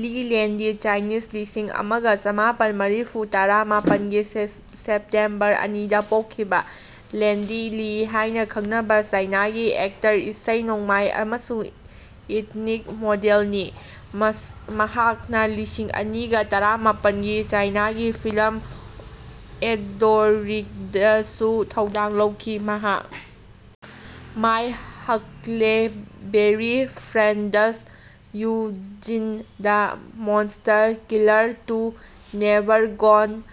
ꯂꯤ ꯂꯦꯟꯗꯤ ( ꯆꯥꯏꯅꯤꯁ, ꯂꯤꯁꯤꯡ ꯑꯃꯒ ꯆꯃꯥꯄꯟ ꯃꯔꯤꯐꯨꯇꯔꯥ ꯃꯥꯄꯟꯒꯤ ꯁꯦꯞꯇꯦꯝꯕꯔ ꯑꯅꯤꯗ ꯄꯣꯛꯈꯤꯕ), ꯂꯦꯟꯗꯤ ꯂꯤ ꯍꯥꯏꯅ ꯈꯪꯅꯕ ꯆꯥꯏꯅꯥꯒꯤ ꯑꯦꯛꯇꯔ, ꯏꯁꯩ ꯅꯣꯡꯃꯥꯏ ꯑꯃꯁꯨꯡ ꯏꯊꯅꯤꯛ ꯃꯣꯗꯦꯜꯅꯤ꯫ ꯃꯍꯥꯛꯅ ꯂꯤꯁꯤꯡ ꯑꯅꯤꯒ ꯇꯔꯥꯃꯥꯄꯟꯒꯤ ꯆꯥꯏꯅꯥꯒꯤ ꯐꯤꯂꯝ ꯑꯦꯗꯣꯔꯤꯡꯗꯁꯨ ꯊꯧꯗꯥꯡ ꯂꯧꯈꯤ꯫ ꯃꯍꯥꯛ my huckleberry friends, Wu Jin: the monster killer two, never gone,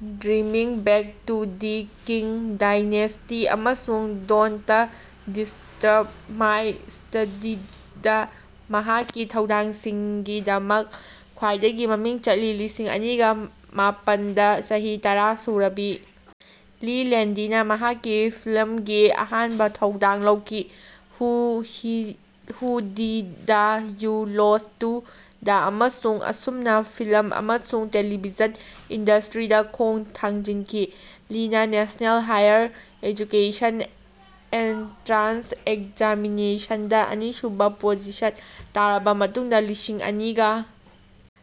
dreaming back to the king dynasty ꯑꯃꯁꯨꯡ ꯗꯣꯟꯇ ꯗꯤꯁꯇꯔꯕ ꯃꯥꯏ ꯁ꯭ꯇꯗꯤꯗ ꯃꯍꯥꯛꯀꯤ ꯊꯧꯗꯥꯡꯁꯤꯡꯒꯤꯗꯃꯛ ꯈ꯭ꯋꯥꯏꯗꯒꯤ ꯃꯃꯤꯡ ꯆꯠꯂꯤ꯫ ꯂꯤꯁꯤꯡ ꯑꯅꯤꯒ ꯃꯥꯄꯟꯗ ꯆꯍꯤ ꯇꯔꯥ ꯁꯨꯔꯕꯤ ꯂꯤ ꯂꯦꯟꯗꯤꯅ ꯃꯍꯥꯛꯀꯤ ꯐꯤꯜꯝꯒꯤ ꯑꯍꯥꯟꯕ ꯊꯧꯗꯥꯡ ꯂꯧꯈꯤ "who did you lose to" ꯗ ꯑꯃꯁꯨꯡ ꯑꯁꯨꯝꯅ ꯐꯤꯜꯝ ꯑꯃꯁꯨꯡ ꯇꯦꯂꯤꯚꯤꯖꯟ ꯏꯟꯗꯁꯇ꯭ꯔꯤꯗ ꯈꯣꯡ ꯊꯥꯡꯖꯤꯟꯈꯤ꯫ ꯂꯤꯅ ꯅꯦꯁꯅꯦꯜ ꯍꯥꯏꯌꯔ ꯑꯦꯖꯨꯀꯦꯁꯟ ꯑꯦꯟꯇ꯭ꯔꯥꯟꯁ ꯑꯦꯛꯖꯥꯃꯤꯅꯦꯁꯟꯗ ꯑꯅꯤꯁꯨꯕ ꯄꯣꯖꯤꯁꯟ ꯇꯥꯔꯕ ꯃꯇꯨꯡꯗ ꯂꯤꯁꯤꯡ ꯑꯅꯤꯒ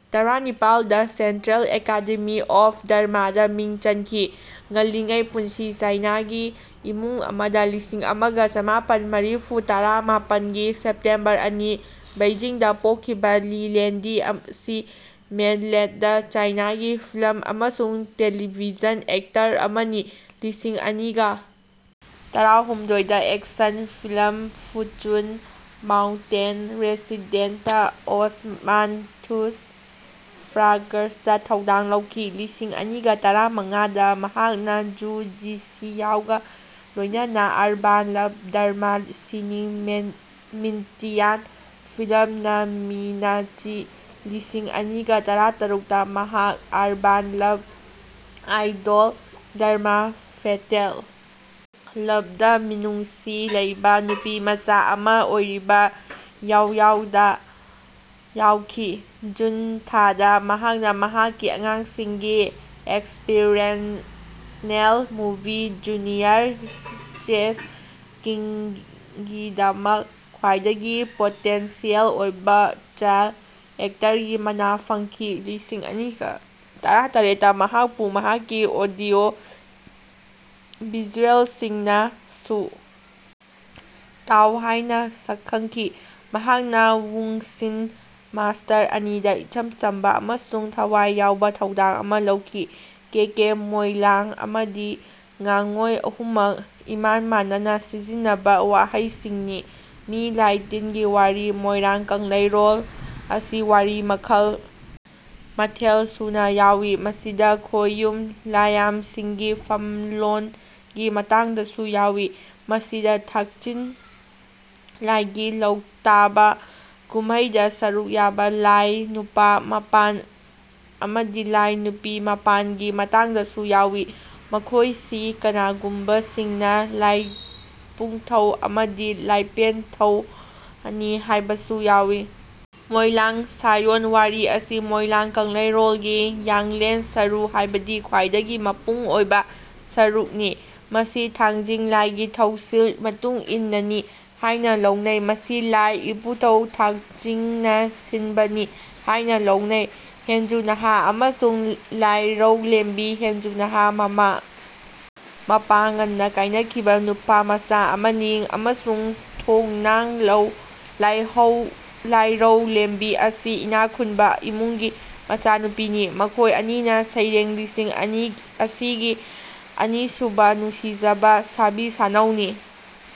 ꯇꯔꯥꯅꯤꯄꯥꯜꯗ ꯁꯦꯟꯇ꯭ꯔꯦꯜ ꯑꯦꯀꯥꯗꯦꯃꯤ ꯑꯣꯐ ꯗ꯭ꯔꯃꯥꯗ ꯃꯤꯡ ꯆꯟꯈꯤ꯫ ꯉꯜꯂꯤꯉꯩ ꯄꯨꯟꯁꯤ ꯆꯥꯏꯅꯥꯒꯤ ꯏꯃꯨꯡ ꯑꯃꯗ ꯂꯤꯁꯤꯡ ꯑꯃꯒ ꯆꯃꯥꯄꯟ ꯃꯔꯤꯐꯨꯇꯔꯥ ꯃꯥꯄꯟꯒꯤ ꯁꯦꯞꯇꯦꯝꯕꯔ ꯑꯅꯤ, ꯕꯩꯖꯤꯡꯗ ꯄꯣꯛꯈꯤꯕ ꯂꯤ ꯂꯟꯗꯤ ꯑꯁꯤ ꯃꯦꯟꯂꯦꯟꯗ ꯆꯥꯏꯅꯥꯒꯤ ꯐꯤꯜꯝ ꯑꯃꯁꯨꯡ ꯇꯦꯂꯤꯚꯤꯖꯟ ꯑꯦꯛꯇꯔ ꯑꯃꯅꯤ꯫ ꯂꯤꯁꯤꯡ ꯑꯅꯤꯒ ꯇꯔꯥꯍꯨꯝꯗꯣꯏꯗ ꯑꯦꯛꯁꯟ ꯐꯤꯜꯝ ꯐꯨꯆꯨꯟ ꯃꯥꯎꯟꯇꯦꯟ ꯔꯦꯁꯤꯗꯦꯟꯁꯇ ꯑꯣꯁꯃꯥꯟꯊꯨꯁ ꯐ꯭ꯔꯥꯒ꯭ꯔꯥꯟꯁꯇ ꯊꯧꯗꯥꯡ ꯂꯧꯈꯤ꯫ ꯂꯤꯁꯤꯡ ꯑꯅꯤꯒ ꯇꯔꯥꯃꯉꯥꯗ ꯃꯍꯥꯛꯅ ꯖꯨ ꯖꯤꯁꯤꯌꯥꯎꯒ ꯂꯣꯏꯅꯅ ꯑꯔꯕꯥꯟ ꯂꯚ ꯗ꯭ꯔꯃꯥ ꯁꯤꯅꯤꯡ ꯃꯤꯡꯇꯤꯌꯥꯟ ꯐꯤꯜꯝ ꯅꯃꯤꯅꯆꯤ ꯂꯤꯁꯤꯡ ꯑꯅꯤꯒ ꯇꯔꯥꯇꯔꯨꯛꯇ ꯃꯍꯥꯛ urban love idol drama fatal ꯂꯚꯇ ꯃꯤꯅꯨꯡꯁꯤ ꯂꯩꯕ ꯅꯨꯄꯤꯃꯆꯥ ꯑꯃ ꯑꯣꯏꯔꯤꯕ ꯌꯥꯎꯌꯥꯎꯗ ꯌꯥꯎꯈꯤ꯫ ꯖꯨꯟ ꯊꯥꯗ ꯃꯍꯥꯛꯅ ꯃꯍꯥꯛꯀꯤ ꯑꯉꯥꯡꯁꯤꯡꯒꯤ ꯏꯟꯁꯄꯤꯔꯦꯁꯅꯦꯜ ꯃꯨꯚꯤ ꯖꯨꯅꯤꯌꯔ ꯆꯦꯁ ꯀꯤꯡꯒꯤꯗꯃꯛ ꯈ꯭ꯋꯥꯏꯗꯒꯤ ꯄꯣꯇꯦꯟꯁꯤꯌꯦꯜ ꯑꯣꯏꯕ ꯆꯥꯏꯜꯗ ꯑꯦꯛꯇꯔꯒꯤ ꯃꯅꯥ ꯐꯪꯈꯤ꯫ ꯂꯤꯁꯤꯡ ꯑꯅꯤꯒ ꯇꯔꯥꯇꯔꯦꯠꯇ ꯃꯍꯥꯛꯄꯨ ꯃꯍꯥꯛꯀꯤ ꯑꯣꯗꯤꯑꯣ ꯚꯤꯖꯨꯑꯦꯜꯁꯤꯡꯅ ꯁꯨ ꯇꯥꯎ ꯍꯥꯏꯅ ꯁꯛꯈꯪꯈꯤ꯫ ꯃꯍꯥꯛꯅ ꯋꯨꯛꯁꯤꯟ ꯃꯥꯁꯇꯔ ꯑꯅꯤꯗ ꯏꯆꯝ ꯆꯝꯕ ꯑꯃꯁꯨꯡ ꯊꯋꯥꯏ ꯌꯥꯎꯕ ꯊꯧꯗꯥꯡ ꯑꯃ ꯂꯧꯈꯤ꯫ "ꯀꯦꯀꯦ", "ꯃꯣꯢꯂꯥꯡ" ꯑꯃꯗꯤ "ꯉꯥꯉꯣꯢ" ꯑꯍꯨꯝꯃꯛ ꯏꯃꯥꯟ ꯃꯥꯟꯅꯅ ꯁꯤꯖꯤꯟꯅꯕ ꯋꯥꯍꯩꯁꯤꯡꯅꯤ꯫ ꯃꯤ ꯂꯥꯢ ꯇꯤꯟꯒꯤ ꯋꯥꯔꯤ ꯃꯣꯏꯔꯥꯡ ꯀꯪꯂꯩꯔꯣꯜ ꯑꯁꯤ ꯋꯥꯔꯤ ꯃꯈꯜ ꯃꯊꯦꯜ ꯁꯨꯅ ꯌꯥꯎꯏ꯫ ꯃꯁꯤꯗ ꯈꯣꯌꯨꯝ ꯂꯥꯌꯥꯝꯁꯤꯡꯒꯤ ꯐꯝꯂꯣꯟꯒꯤ ꯃꯇꯥꯡꯗꯁꯨ ꯌꯥꯎꯏ꯫ ꯃꯁꯤꯗ ꯊꯥꯡꯆꯤꯡ ꯂꯥꯢꯒꯤ ꯂꯧꯇꯥꯕ ꯀꯨꯝꯃꯩꯗ ꯁꯔꯨꯛ ꯌꯥꯕ ꯂꯥꯢ ꯅꯨꯄꯥ ꯃꯥꯄꯟ ꯑꯃꯗꯤ ꯂꯥꯢ ꯅꯨꯄꯤ ꯃꯥꯥꯄꯟ ꯒꯤ ꯃꯇꯥꯡꯗꯁꯨ ꯌꯥꯎꯏ꯫ ꯃꯈꯣꯢꯁꯤ ꯀꯅꯥꯒꯨꯝꯕꯁꯤꯡꯅ "ꯂꯥꯢꯄꯨꯡꯊꯧ" ꯑꯃꯗꯤ "ꯂꯥꯢꯄꯦꯟꯊꯧ"ꯅꯤ ꯍꯥꯢꯕꯁꯨ ꯌꯥꯎꯏ꯫ ꯃꯣꯢꯂꯥꯡ ꯁꯥꯌꯣꯟ ꯋꯥꯔꯤ ꯑꯁꯤ ꯃꯣꯢꯂꯥꯡ ꯀꯪꯂꯩꯔꯣꯜꯒꯤ ꯌꯥꯡꯂꯦꯟ ꯁꯔꯨ (ꯍꯥꯢꯕꯗꯤ ꯈ꯭ꯋꯥꯢꯗꯒꯤ ꯃꯄꯨꯡ ꯑꯣꯢꯕ) ꯁꯔꯨꯛ ꯅꯤ꯫ ꯃꯁꯤ ꯊꯥꯡꯖꯤꯡ ꯂꯥꯢꯒꯤ ꯊꯧꯁꯤꯜ ꯃꯇꯨꯡꯏꯟꯅꯅꯤ ꯍꯥꯢꯅ ꯂꯧꯅꯩ꯫ ꯃꯁꯤ ꯂꯥꯢ ꯏꯄꯨꯊꯧ ꯊꯥꯡꯆꯤꯡꯅ ꯁꯤꯟꯕꯅꯤ ꯍꯥꯢꯅ ꯂꯧꯅꯩ꯫ ꯍꯦꯟꯖꯨꯅꯥꯍꯥ ꯑꯃꯁꯨꯡ ꯂꯥꯏꯔꯧꯂꯦꯝꯕꯤ ꯍꯦꯟꯖꯨꯅꯥꯍꯥ, ꯃꯃꯥ ꯃꯄꯥ ꯉꯟꯅ ꯀꯥꯏꯅꯈꯤꯕ ꯅꯨꯄꯥꯃꯆꯥ ꯑꯃꯅꯤ ꯑꯃꯁꯨꯡ ꯊꯣꯡꯅꯥꯡ ꯂꯥꯏꯔꯧꯂꯦꯝꯕꯤ ꯑꯁꯤ ꯏꯅꯥꯈꯨꯟꯕ ꯏꯃꯨꯡꯒꯤ ꯃꯆꯥꯅꯨꯄꯤꯅꯤ꯫ ꯃꯈꯣꯏ ꯑꯅꯤꯅ ꯁꯩꯔꯦꯡ ꯂꯤꯁꯥꯡ ꯑꯁꯤꯒꯤ ꯑꯅꯤꯁꯨꯕ ꯅꯨꯡꯁꯤꯅꯖꯕ ꯁꯥꯕꯤ ꯁꯥꯅꯧꯅꯤ꯫